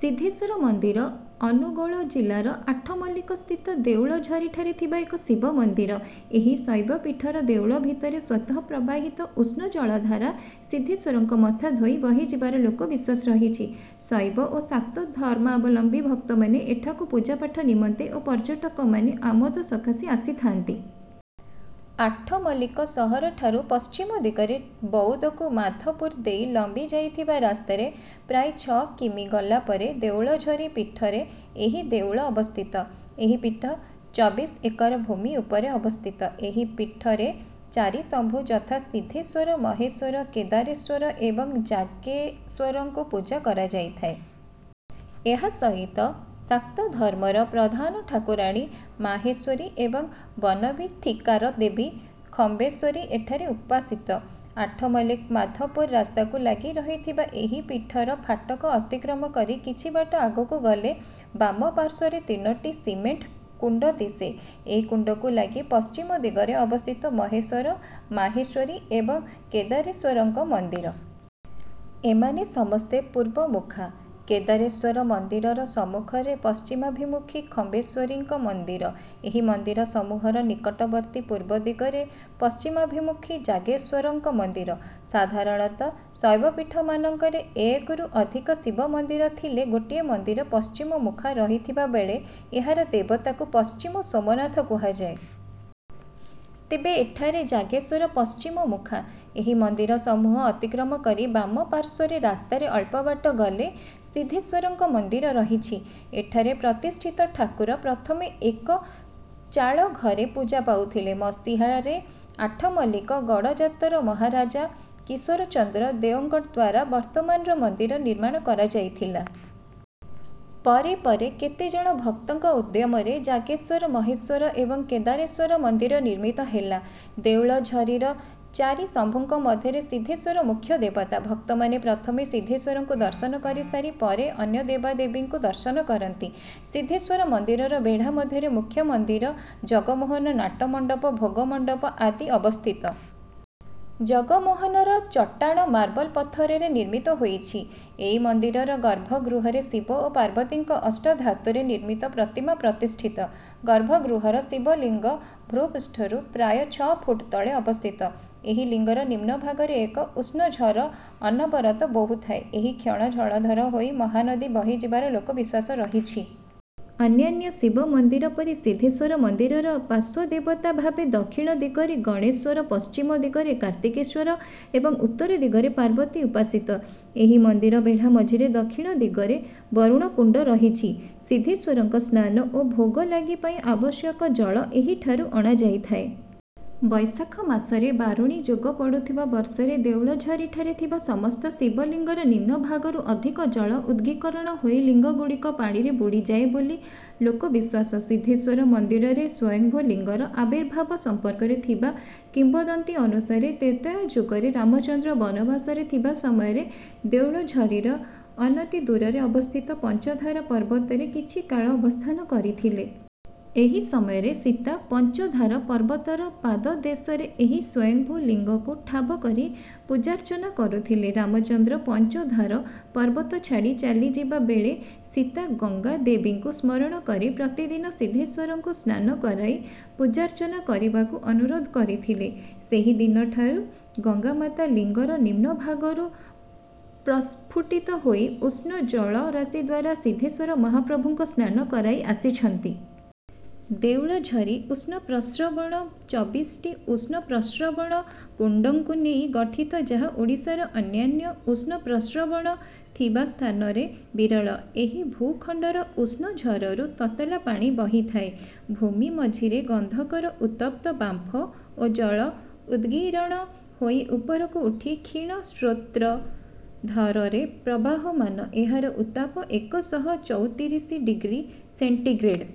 ସିଦ୍ଧେଶ୍ୱର ମନ୍ଦିର ଅନୁଗୋଳ ଜିଲ୍ଲାର ଆଠମଲ୍ଲିକସ୍ଥିତ ଦେଉଳଝରିଠାରେ ଥିବା ଏକ ଶିବ ମନ୍ଦିର। ଏହି ଶୈବପୀଠର ଦେଉଳ ଭିତରେ ସ୍ୱତଃ ପ୍ରବାହିତ ଉଷ୍ଣ ଜଳଧାରା ସିଦ୍ଧେଶ୍ୱରଙ୍କ ମଥା ଧୋଇ ବହିଯିବାର ଲୋକ ବିଶ୍ୱାସ ରହିଛି। ଶୈବ ଓ ଶାକ୍ତ ଧର୍ମାବଲମ୍ବୀ ଭକ୍ତମାନେ ଏଠାକୁ ପୂଜାପାଠ ନିମନ୍ତେ ଓ ପର୍ଯ୍ୟଟକମାନେ ଆମୋଦ ସକାଶେ ଆସିଥାନ୍ତି। ଆଠମଲ୍ଲିକ ସହରଠାରୁ ପଶ୍ଚିମ ଦିଗରେ ବଉଦକୁ ମାଧପୁର ଦେଇ ଲମ୍ବି ଯାଇଥିବା ରାସ୍ତାରେ ପ୍ରାୟ ଛଅ କି. ମି. ଗଲା ପରେ ଦେଉଳଝରି ପୀଠରେ ଏହି ଦେଉଳ ଅବସ୍ଥିତ। ଏହି ପୀଠ ଚବିଶ ଏକର ଭୂମି ଉପରେ ଅବସ୍ଥିତ।। ଏହି ପୀଠରେ ଚାରିଶମ୍ଭୁ ଯଥା ସିଦ୍ଧେଶ୍ୱର ମହେଶ୍ୱର କେଦାରେଶ୍ୱର ଏବଂ ଜାଗେଶ୍ୱରଙ୍କୁ ପୂଜା କରାଯାଇଥାଏ। ଏହା ସହିତ ଶାକ୍ତ ଧର୍ମର ପ୍ରଧାନ ଠାକୁରାଣୀ ମାହେଶ୍ୱରୀ ଏବଂ ବନବୀଥିକାର ଦେବୀ ଖମ୍ବେଶ୍ୱରୀ ଏଠାରେ ଉପାସିତ। ଆଠମଲ୍ଲିକ ମାଧପୁର ରାସ୍ତାକୁ ଲାଗି ରହିଥିବା ଏହି ପୀଠର ଫାଟକ ଅତିକ୍ରମ କରି କିଛିବାଟ ଆଗକୁ ଗଲେ ବାମପାଶ୍ୱର୍ରେ ତିନୋଟି ସିମେଣ୍ଟ କୁଣ୍ଡ ଦିଶେ। ଏହି କୁଣ୍ଡକୁ ଲାଗି ପଶ୍ଚିମ ଦିଗରେ ଅବସ୍ଥିତ ମହେଶ୍ୱର ମାହେଶ୍ୱରୀ ଏବଂ କେଦାରେଶ୍ୱରଙ୍କ ମନ୍ଦିର। ଏମାନେ ସମସ୍ତେ ପୂର୍ବମୁଖା। କେଦାରେଶ୍ୱର ମନ୍ଦିରର ସମ୍ମୁଖରେ ପଶ୍ଚିମାଭିମୁଖୀ ଖମ୍ବେଶ୍ୱରୀଙ୍କ ମନ୍ଦିର। ଏହି ମନ୍ଦିର ସମୂହର ନିକଟବର୍ତ୍ତୀ ପୂର୍ବଦିଗରେ ପଶ୍ଚିମାଭିମୁଖୀ ଯାଗେଶ୍ୱରଙ୍କ ମନ୍ଦିର। ସାଧାରଣତଃ ଶୈବପୀଠମାନଙ୍କରେ ଏକରୁ ଅଧିକ ଶିବ ମନ୍ଦିର ଥିଲେ ଗୋଟିଏ ମନ୍ଦିର ପଶ୍ଚିମମୁଖା ରହିଥିବା ବେଳେ ଏହାର ଦେବତାକୁ ପଶ୍ଚିମ ସୋମନାଥ କୁହାଯାଏ। ତେବେ ଏଠାରେ ଯାଗେଶ୍ୱର ପଶ୍ଚିମମୁଖା। ଏହି ମନ୍ଦିର ସମୂହ ଅତିକ୍ରମ କରି ବାମ ପାଶ୍ୱର୍ରେ ରାସ୍ତାରେ ଅଳ୍ପବାଟ ଗଲେ ସିଦ୍ଧେଶ୍ୱରଙ୍କ ମନ୍ଦିର ରହିଛି। ଏଠାରେ ପ୍ରତିଷ୍ଠିତ ଠାକୁର ପ୍ରଥମେ ଏକ ଚାଳଘରେ ପୂଜା ପାଉଥିଲେ। ମସିହାରେ ଆଠମଲ୍ଲିକ ଗଡ଼ଜାତର ମହାରାଜା କିଶୋର ଚନ୍ଦ୍ର ଦେଓଙ୍କଦ୍ୱାରା ବର୍ତ୍ତମାନର ମନ୍ଦିର ନିର୍ମାଣ କରାଯାଇଥିଲା। ପରେ ପରେ କେତେଜଣ ଭକ୍ତଙ୍କ ଉଦ୍ୟମରେ ଯାଗେଶ୍ୱର ମହେଶ୍ୱର ଏବଂ କେଦାରେଶ୍ୱର ମନ୍ଦିର ନିର୍ମିତ ହେଲା। ଦେଉଳଝରିର ଚାରିଶମ୍ଭୁଙ୍କ ମଧ୍ୟରେ ସିଦ୍ଧେଶ୍ୱର ମୁଖ୍ୟ ଦେବତା। ଭକ୍ତମାନେ ପ୍ରଥମେ ସିଦ୍ଧେଶ୍ୱରଙ୍କୁ ଦର୍ଶନ କରିସାରି ପରେ ଅନ୍ୟ ଦେବଦେବୀଙ୍କୁ ଦର୍ଶନ କରନ୍ତି। ସିଦ୍ଧେଶ୍ୱର ମନ୍ଦିରର ବେଢ଼ା ମଧ୍ୟରେ ମୁଖ୍ୟ ମନ୍ଦିର ଜଗମୋହନ ନାଟ ମଣ୍ଡପ ଭୋଗ ମଣ୍ଡପ ଆଦି ଅବସ୍ଥିତ। ଜଗମୋହନର ଚଟାଣ ମାର୍ବଲ ପଥରରେ ନିର୍ମିତ ହୋଇଛି। ଏହି ମନ୍ଦିରର ଗର୍ଭଗୃହରେ ଶିବ ଓ ପାର୍ବତୀଙ୍କ ଅଷ୍ଟଧାତୁରେ ନିର୍ମିତ ପ୍ରତିମା ପ୍ରତିଷ୍ଠିତ। ଗର୍ଭଗୃହର ଶିବଲିଙ୍ଗ ଭୂପୃଷ୍ଠରୁ ପ୍ରାୟ ଛଅ ଫୁଟ ତଳେ ଅବସ୍ଥିତ ଏହି ଲିଙ୍ଗର ନିମ୍ନଭାଗରେ ଏକ ଉଷ୍ଣଝର ଅନବରତ ବୋହିଥାଏ। ଏହି କ୍ଷୀଣ ଜଳଧାର ହୋଇ ମହାନଦୀ ବହିଯିବାର ଲୋକବିଶ୍ୱାସ ରହିଛି। ଅନ୍ୟାନ୍ୟ ଶିବ ମନ୍ଦିର ପରି ସିଦ୍ଧେଶ୍ୱର ମନ୍ଦିରର ପାଶ୍ୱଦେବତା ଭାବେ ଦକ୍ଷିଣ ଦିଗରେ ଗଣେଶ୍ୱର ପଶ୍ଚିମ ଦିଗରେ କାର୍ତ୍ତିକେଶ୍ୱର ଏବଂ ଉତ୍ତର ଦିଗରେ ପାର୍ବତୀ ଉପାସିତ। ଏହି ମନ୍ଦିର ବେଢ଼ା ମଝିରେ ଦକ୍ଷିଣ ଦିଗରେ ବରୁଣ କୁଣ୍ଡ ରହିଛି। ସିଦ୍ଧେଶ୍ୱରଙ୍କ ସ୍ନାନ ଓ ଭୋଗଲାଗି ପାଇଁ ଆବଶ୍ୟକ ଜଳ ଏହିଠାରୁ ଅଣାଯାଇଥାଏ। ବୈଶାଖ ମାସରେ ବାରୁଣୀ ଯୋଗ ପଡୁଥିବା ବର୍ଷରେ ଦେଉଳଝରିଠାରେ ଥିବା ସମସ୍ତ ଶିବଲିଙ୍ଗର ନିମ୍ନ ଭାଗରୁ ଅଧିକ ଜଳ ଉଦ୍ଗୀକରଣ ହୋଇ ଲିଙ୍ଗଗୁଡିକ ପାଣିରେ ବୁଡିଯାଏ ବୋଲି ଲୋକ ବିଶ୍ୱାସ। ସିଦ୍ଧେଶ୍ୱର ମନ୍ଦିରରେ ସ୍ୱୟଂମ୍ଭୁ ଲିଙ୍ଗର ଆବିର୍ଭାବ ସମ୍ପର୍କରେ ଥିବା କିମ୍ବଦନ୍ତୀ ଅନୁସାରେ ତ୍ରେତୟା ଯୁଗରେ ରାମଚନ୍ଦ୍ର ବନବାସରେ ଥିବା ସମୟରେ ଦେଉଳଝରିର ଅନତିଦୂରରେ ଅବସ୍ଥିତ ପଞ୍ଚଧାର ପର୍ବତରେ କିଛି କାଳ ଅବସ୍ଥାନ କରିଥିଲେ। ଏହି ସମୟରେ ସୀତା ପଞ୍ଚଧାର ପର୍ବତର ପାଦଦେଶରେ ଏହି ସ୍ୱୟଂମ୍ଭୁ ଲିଙ୍ଗକୁ ଠାବ କରି ପୂଜାର୍ଚ୍ଚନା କରୁଥିଲେ। ରାମଚନ୍ଦ୍ର ପଞ୍ଚଧାର ପର୍ବତ ଛାଡ଼ି ଚାଲିଯିବା ବେଳେ ସୀତା ଗଙ୍ଗାଦେବୀଙ୍କୁ ସ୍ମରଣ କରି ପ୍ରତିଦିନ ସିଦ୍ଧେଶ୍ୱରଙ୍କୁ ସ୍ନାନ କରାଇ ପୂଜାର୍ଚ୍ଚନା କରିବାକୁ ଅନୁରୋଧ କରିଥିଲେ। ସେହିଦିନଠାରୁ ଗଙ୍ଗାମାତା ଲିଙ୍ଗର ନିମ୍ନଭାଗରୁ ପ୍ରସ୍ପୁଟିତ ହୋଇ ଉଷ୍ଣ ଜଳରାଶିଦ୍ୱାରା ସିଦ୍ଧେଶ୍ୱର ମହାପ୍ରଭୁଙ୍କ ସ୍ନାନ କରାଇ ଆସିଛନ୍ତି। ଦେଉଳଝରି ଉଷ୍ଣପ୍ରସ୍ରବଣ ଚବିଶିଟି ଉଷ୍ଣ ପ୍ରସ୍ରବଣ କୁଣ୍ଡଙ୍କୁ ନେଇ ଗଠିତ ଯାହା ଓଡ଼ିଶାର ଅନ୍ୟାନ୍ୟ ଉଷ୍ଣପ୍ରସ୍ରବଣ ଥିବା ସ୍ଥାନରେ ବିରଳ। ଏହି ଭୂଖଣ୍ଡର ଉଷ୍ଣଝରରୁ ତତଲା ପାଣି ବହିଥାଏ। ଭୂମି ମଝିରେ ଗନ୍ଧକର ଉତ୍ତପ୍ତ ବାମ୍ଫ ଓ ଜଳ ଉଦ୍ଗୀରଣ ହୋଇ ଉପରକୁ ଉଠି କ୍ଷୀଣ ସ୍ରୋତ୍ର ଧରରେ ପ୍ରବାହମାନ। ଏହାର ଉତ୍ତାପ ଏକଶହ ଚଉତିରିଶି ଡିଗ୍ରୀ ସେଣ୍ଟିଗ୍ରେଡ୍।